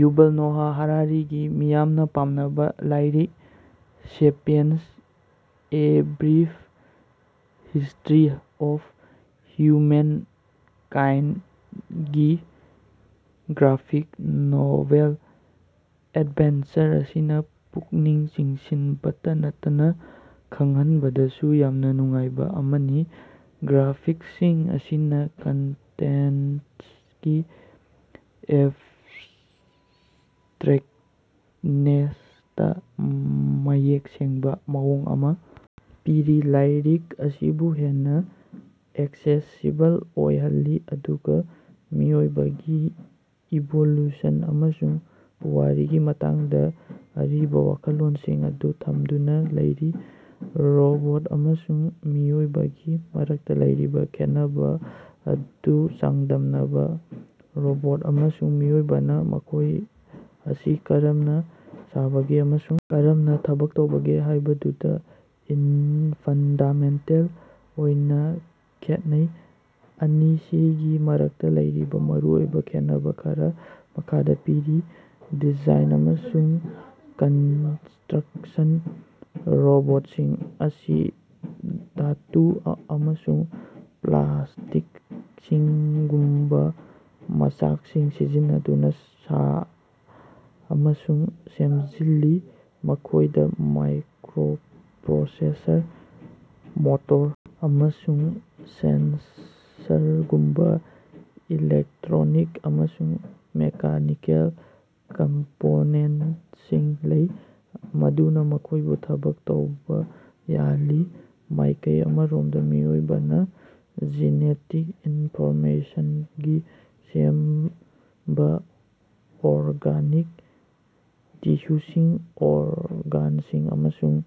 Yuval Noah ꯍꯔꯥꯔꯤꯒꯤ ꯃꯤꯌꯥꯝꯅ ꯄꯥꯝꯅꯕ ꯂꯥꯏꯔꯤꯛ Sapiens - a brief history of ꯍ꯭ꯌꯨꯃꯦꯟꯀꯥꯏꯟꯗ ꯒꯤ ꯒ꯭ꯔꯥꯐꯤꯛ ꯅꯣꯚꯦꯜ ꯑꯦꯗꯕꯦꯟꯆꯔ ꯑꯁꯤꯅ‌ ꯄꯨꯛꯅꯤꯡ ꯆꯤꯡꯁꯤꯟꯕꯇꯥ ꯅꯠꯇꯅꯥ ꯈꯪꯍꯟꯕꯗꯁꯨ ꯌꯥꯝꯅ ꯅꯨꯡꯉꯥꯏꯕ ꯑꯃꯅꯤ꯫ ꯒ꯭ꯔꯥꯐꯤꯛꯁꯁꯤꯡ ꯑꯁꯤꯅ ꯀꯟꯇꯦꯟꯇꯀꯤ ꯑꯦꯕꯁꯇ꯭ꯔꯦꯛꯇꯅꯦꯁꯇꯥ ꯃꯌꯦꯛ ꯁꯦꯡꯕ ꯃꯑꯣꯡ ꯑꯃ ꯄꯤꯔꯤ, ꯂꯥꯏꯔꯤꯛ ꯑꯁꯤꯕꯨ ꯍꯦꯟꯅ ꯑꯦꯛꯁꯦꯁꯤꯕꯜ ꯑꯣꯏꯍꯜꯂꯤ, ꯑꯗꯨꯒ ꯃꯤꯑꯣꯏꯕꯒꯤ ꯏꯚꯣꯂꯨꯁꯟ ꯑꯃꯁꯨꯡ ꯄꯨꯋꯥꯔꯤꯒꯤ ꯃꯇꯥꯡꯗ ꯑꯔꯤꯕ ꯋꯥꯈꯜꯂꯣꯟꯁꯤꯡ ꯑꯗꯨ ꯊꯝꯗꯨꯅ ꯂꯩꯔꯤ꯫ ꯔꯣꯕꯣꯠ ꯑꯃꯁꯨꯡ ꯃꯤꯑꯣꯏꯕꯒꯤ ꯃꯔꯛꯇ ꯂꯩꯔꯤꯕ ꯈꯦꯠꯅꯕ ꯑꯗꯨ ꯆꯥꯡꯗꯝꯅꯕ꯫ ꯔꯣꯕꯣꯠ ꯑꯃꯁꯨꯡ ꯃꯤꯑꯣꯏꯕꯅꯥ ꯃꯈꯣꯏ ꯑꯁꯤ ꯀꯔꯝꯅ ꯁꯥꯕꯒꯦ ꯑꯃꯁꯨꯡ ꯀꯔꯝꯅ ꯊꯕꯛ ꯇꯧꯕꯒꯦ ꯍꯥꯏꯕꯗꯨꯗ ꯐꯟꯗꯥꯃꯦꯟꯇꯦꯜ ꯑꯣꯏꯅ ꯈꯦꯠꯅꯩ꯫ ꯑꯅꯤꯁꯤꯒꯤ ꯃꯔꯛꯇ ꯂꯩꯔꯤꯕ ꯃꯔꯨꯑꯣꯏꯕ ꯈꯦꯠꯅꯕꯥ ꯈꯔꯥ ꯃꯈꯥꯗ ꯄꯤꯔꯤ - ꯗꯤꯖꯥꯏꯟ ꯑꯃꯁꯨꯡ ꯀꯟꯁꯇ꯭ꯔꯛꯁꯟ - ꯔꯣꯕꯣꯠꯁꯤꯡ ꯑꯁꯤ ꯙꯥꯇꯨ ꯑꯃꯁꯨꯡ ꯄ꯭ꯂꯥꯁꯇꯤꯛꯒꯨꯝꯕ ꯃꯆꯥꯛꯁꯤꯡ ꯁꯤꯖꯤꯟꯅꯗꯨꯅꯥ ꯁꯥ ꯑꯃꯁꯨꯡ ꯁꯦꯝꯖꯤꯜꯂꯤ꯫ ꯃꯈꯣꯏꯗ ꯃꯥꯏꯀ꯭ꯔꯣꯄ꯭ꯔꯣꯁꯦꯁꯔ, ꯃꯣꯇꯣꯔ, ꯑꯃꯁꯨꯡ ꯁꯦꯟꯁꯔꯒꯨꯝꯕ ꯏꯂꯦꯛꯇ꯭ꯔꯣꯅꯤꯛ ꯑꯃꯁꯨꯡ ꯃꯦꯀꯥꯅꯤꯀꯦꯜ ꯀꯝꯄꯣꯅꯦꯟꯇꯁꯤꯡ ꯂꯩ ꯃꯗꯨꯅ ꯃꯈꯣꯏꯕꯨ ꯊꯕꯛ ꯇꯧꯕ ꯌꯥꯍꯜꯂꯤ꯫ ꯃꯥꯏꯀꯩ ꯑꯃꯔꯣꯝꯗ ꯃꯤꯑꯣꯏꯕꯅ ꯖꯤꯅꯦꯇꯤꯛ ꯏꯟꯐꯣꯔꯃꯦꯁꯟꯗꯒꯤ ꯁꯦꯝꯕ ꯑꯣꯔꯒꯥꯅꯤꯛ ꯇꯤꯁꯨꯁꯤꯡ, ꯑꯣꯔꯒꯥꯟꯁꯤꯡ ꯑꯃꯁꯨꯡ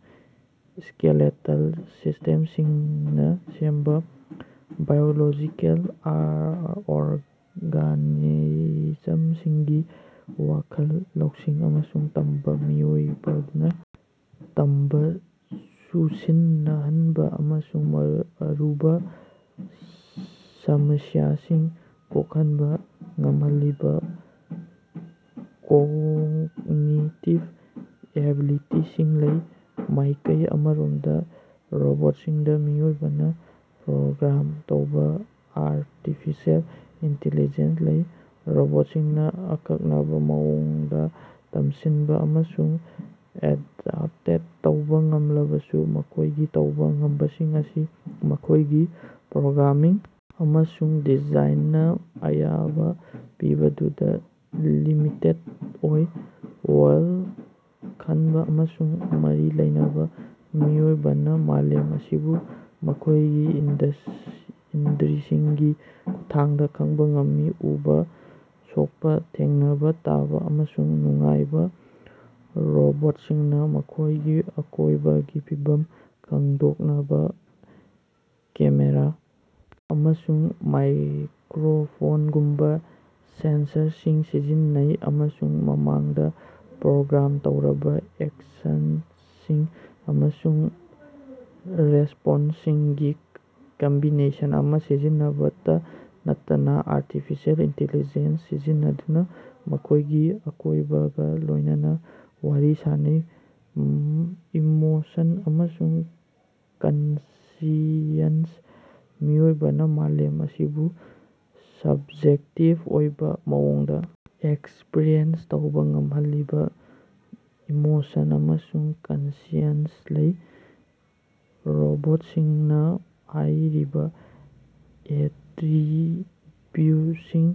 ꯁ꯭ꯀꯦꯂꯦꯇꯜ ꯁꯤꯁꯇꯦꯝꯁꯤꯡꯅ ꯁꯦꯝꯕ ꯕꯥꯏꯑꯣꯂꯣꯖꯤꯀꯦꯜ ꯑꯣꯔꯒꯥꯅꯤꯖꯝꯁꯤꯡꯅꯤ꯫ ꯋꯥꯈꯜ ꯂꯧꯁꯤꯡ ꯑꯃꯁꯨꯡ ꯇꯝꯕꯥ - ꯃꯤꯑꯣꯏꯕꯅꯥ ꯇꯝꯕ, ꯆꯨꯁꯤꯟꯅꯍꯟꯕ ꯑꯃꯁꯨꯡ ꯑꯔꯨꯕ ꯁꯃꯁ꯭ꯌꯥꯁꯤꯡ ꯀꯣꯛꯍꯟꯕ ꯉꯝꯍꯜꯂꯤꯕ ꯀꯣꯒꯅꯤꯇꯤꯕ ꯑꯦꯕꯤꯂꯤꯇꯤꯁꯤꯡ ꯂꯩ꯫ ꯃꯥꯏꯀꯩ ꯑꯃꯔꯣꯝꯗ ꯔꯣꯕꯣꯠꯁꯤꯡꯗ ꯃꯤꯑꯣꯏꯕꯅꯥ ꯄ꯭ꯔꯣꯒ꯭ꯔꯥꯝ ꯇꯧꯕ ꯑꯥꯔꯇꯤꯐꯤꯁꯤꯑꯦꯜ ꯏꯟꯇꯤꯂꯤꯖꯦꯟꯁ ꯂꯩ꯫ ꯔꯣꯕꯣꯠꯁꯤꯡꯅ ꯑꯀꯛꯅꯕꯥ ꯃꯑꯣꯡꯗ ꯇꯝꯁꯤꯟꯕ ꯑꯃꯁꯨꯡ ꯑꯦꯗꯞꯇꯦꯠ ꯇꯧꯕ ꯉꯝꯂꯕꯁꯨ, ꯃꯈꯣꯏꯒꯤ ꯇꯧꯕ ꯉꯝꯕꯁꯤꯡ ꯑꯁꯤ ꯃꯈꯣꯏꯒꯤ ꯄ꯭ꯔꯣꯒ꯭ꯔꯥꯃꯤꯡ ꯑꯃꯁꯨꯡ ꯗꯤꯖꯥꯏꯟꯅ ꯑꯌꯥꯕ ꯄꯤꯕꯗꯨꯗ ꯂꯤꯃꯤꯇꯦꯗ ꯑꯣꯏ꯫ ꯋꯥꯈꯜ ꯈꯟꯕ ꯑꯃꯁꯨꯡ ꯃꯔꯤ ꯂꯩꯅꯕꯥ - ꯃꯤꯑꯣꯏꯕꯅ ꯃꯥꯂꯦꯝ ꯑꯁꯤꯕꯨ ꯃꯈꯣꯏꯒꯤ ꯏꯟꯗ꯭ꯔꯤꯁꯤꯡꯒꯤ ꯈꯨꯠꯊꯥꯡꯗ ꯈꯪꯕ ꯉꯝꯃꯤ - ꯎꯕꯥ, ꯁꯣꯛꯄ, ꯊꯦꯡꯅꯕꯥ, ꯇꯥꯕ ꯑꯃꯁꯨꯡ ꯅꯨꯡꯉꯥꯏꯕ꯫ ꯔꯣꯕꯣꯠꯁꯤꯡꯅ ꯃꯈꯣꯏꯒꯤ ꯑꯀꯣꯏꯕꯒꯤ ꯐꯤꯕꯝ ꯈꯪꯗꯣꯛꯅꯕꯥ ꯀꯦꯃꯦꯔꯥ ꯑꯃꯁꯨꯡ ꯃꯥꯏꯀ꯭ꯔꯣꯐꯣꯟꯒꯨꯝꯕ ꯁꯦꯟꯁꯔꯁꯤꯡ ꯁꯤꯖꯤꯟꯅꯩ ꯑꯃꯁꯨꯡ ꯃꯃꯥꯡꯗ ꯄ꯭ꯔꯣꯒ꯭ꯔꯥꯝ ꯇꯧꯔꯕꯥ ꯑꯦꯛꯁꯟꯁꯤꯡ ꯑꯃꯁꯨꯡ ꯔꯦꯁꯄꯣꯟꯁꯁꯤꯡꯒꯤ ꯀꯝꯕꯤꯅꯦꯁꯟ ꯑꯃ ꯁꯤꯖꯤꯟꯅꯕꯇꯥ ꯅꯠꯇꯅꯥ ꯑꯥꯔꯇꯤꯐꯤꯁꯤꯑꯦꯜ ꯏꯟꯇꯤꯂꯤꯖꯦꯟꯁ ꯁꯤꯖꯤꯟꯅꯗꯨꯅ ꯃꯈꯣꯏꯒꯤ ꯑꯀꯣꯏꯕꯒ ꯂꯣꯏꯅꯅꯥ ꯋꯥꯔꯤ ꯁꯥꯅꯩ꯫ ꯏꯃꯣꯁꯟ ꯑꯃꯁꯨꯡ ꯀꯟꯁꯤꯌꯟꯁ - ꯃꯤꯑꯣꯏꯕꯅ ꯃꯥꯂꯦꯝ ꯑꯁꯤꯕꯨ ꯁꯕꯖꯦꯛꯇꯤꯕ ꯑꯣꯏꯕ ꯃꯑꯣꯡꯗ ꯑꯦꯛꯁꯄꯔꯤꯑꯦꯟꯁ ꯇꯧꯕ ꯉꯝꯍꯜꯂꯤꯕ ꯏꯃꯣꯁꯟ ꯑꯃꯁꯨꯡ ꯀꯟꯁꯤꯌꯟꯁ ꯂꯩ꯫ ꯔꯣꯕꯣꯠꯁꯤꯡꯅ ꯍꯥꯏꯔꯤꯕ ꯑꯦꯇꯔꯤꯕ꯭ꯌꯨꯠꯁꯤꯡ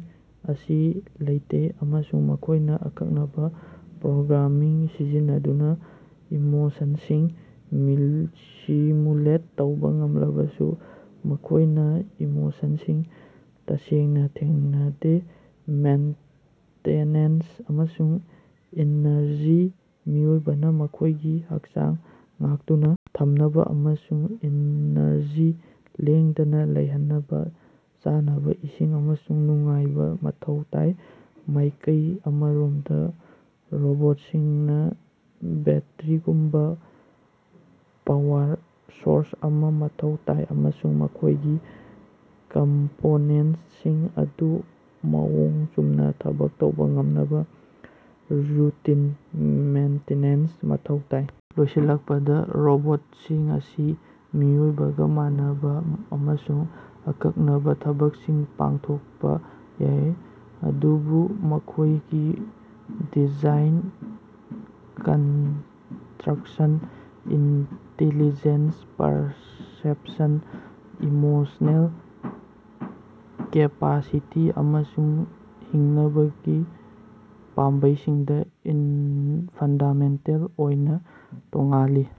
ꯑꯁꯤ ꯂꯩꯇꯦ, ꯑꯃꯁꯨꯡ ꯃꯈꯣꯏꯅ ꯑꯀꯛꯅꯕꯥ ꯄ꯭ꯔꯣꯒ꯭ꯔꯥꯃꯤꯡ ꯁꯤꯖꯤꯟꯅꯗꯨꯅ ꯏꯃꯣꯁꯟꯁꯤꯡ ꯁꯤꯃꯨꯂꯦꯠ ꯇꯧꯕ ꯉꯝꯂꯕꯁꯨ, ꯃꯈꯣꯏꯅ ꯏꯃꯣꯁꯟꯁꯤꯡ ꯇꯁꯦꯡꯅ ꯊꯦꯡꯅꯗꯦ꯫ ꯃꯦꯟꯇꯦꯅꯦꯟꯁ ꯑꯃꯁꯨꯡ ꯏꯅꯔꯖꯤ - ꯃꯤꯑꯣꯏꯕꯅ ꯃꯈꯣꯏꯒꯤ ꯍꯛꯆꯥꯡ ꯉꯥꯛꯇꯨꯅ ꯊꯝꯅꯕ ꯑꯃꯁꯨꯡ ꯏꯅꯔꯖꯤ ꯂꯦꯡꯗꯅ ꯂꯩꯍꯟꯅꯕꯥ ꯆꯥꯅꯕ, ꯏꯁꯤꯡ ꯑꯃꯁꯨꯡ ꯅꯨꯡꯉꯥꯏꯕ ꯃꯊꯧ ꯇꯥꯏ꯫ ꯃꯥꯏꯀꯩ ꯑꯃꯔꯣꯝꯗ ꯔꯣꯕꯣꯠꯁꯤꯡꯅ ꯕꯦꯠꯇ꯭ꯔꯤꯒꯨꯝꯕ ꯄꯥꯋꯔ ꯁꯣꯔꯁ ꯑꯃ ꯃꯊꯧ ꯇꯥꯏ, ꯑꯃꯁꯨꯡ ꯃꯈꯣꯏꯒꯤ ꯀꯝꯄꯣꯅꯦꯟꯇꯁꯤꯡ ꯑꯗꯨ ꯃꯑꯣꯡ ꯆꯨꯝꯅ ꯊꯕꯛ ꯇꯧꯕ ꯉꯝꯅꯕ ꯔꯨꯇꯤꯟ ꯃꯦꯟꯇꯦꯅꯦꯟꯁ ꯃꯊꯧ ꯇꯥꯏ꯫ ꯂꯣꯏꯁꯤꯜꯂꯛꯄꯗ, ꯔꯣꯕꯣꯠꯁꯤꯡ ꯑꯁꯤ ꯃꯤꯑꯣꯏꯕꯒ ꯃꯥꯟꯅꯕꯥ ꯑꯃꯁꯨꯡ ꯑꯀꯛꯅꯕꯥ ꯊꯕꯛꯁꯤꯡ ꯄꯥꯡꯊꯣꯛꯄ ꯌꯥꯏ, ꯑꯗꯨꯕꯨ ꯃꯈꯣꯏꯒꯤ design, construction, intelligence, perception, emotional capacity ꯑꯃꯁꯨꯡ ꯍꯤꯡꯅꯕꯒꯤ ꯄꯥꯝꯕꯩꯁꯤꯡꯗ ꯐꯟꯗꯥꯃꯦꯟꯇꯦꯜ ꯑꯣꯏꯅ ꯇꯣꯉꯥꯜꯂꯤ꯫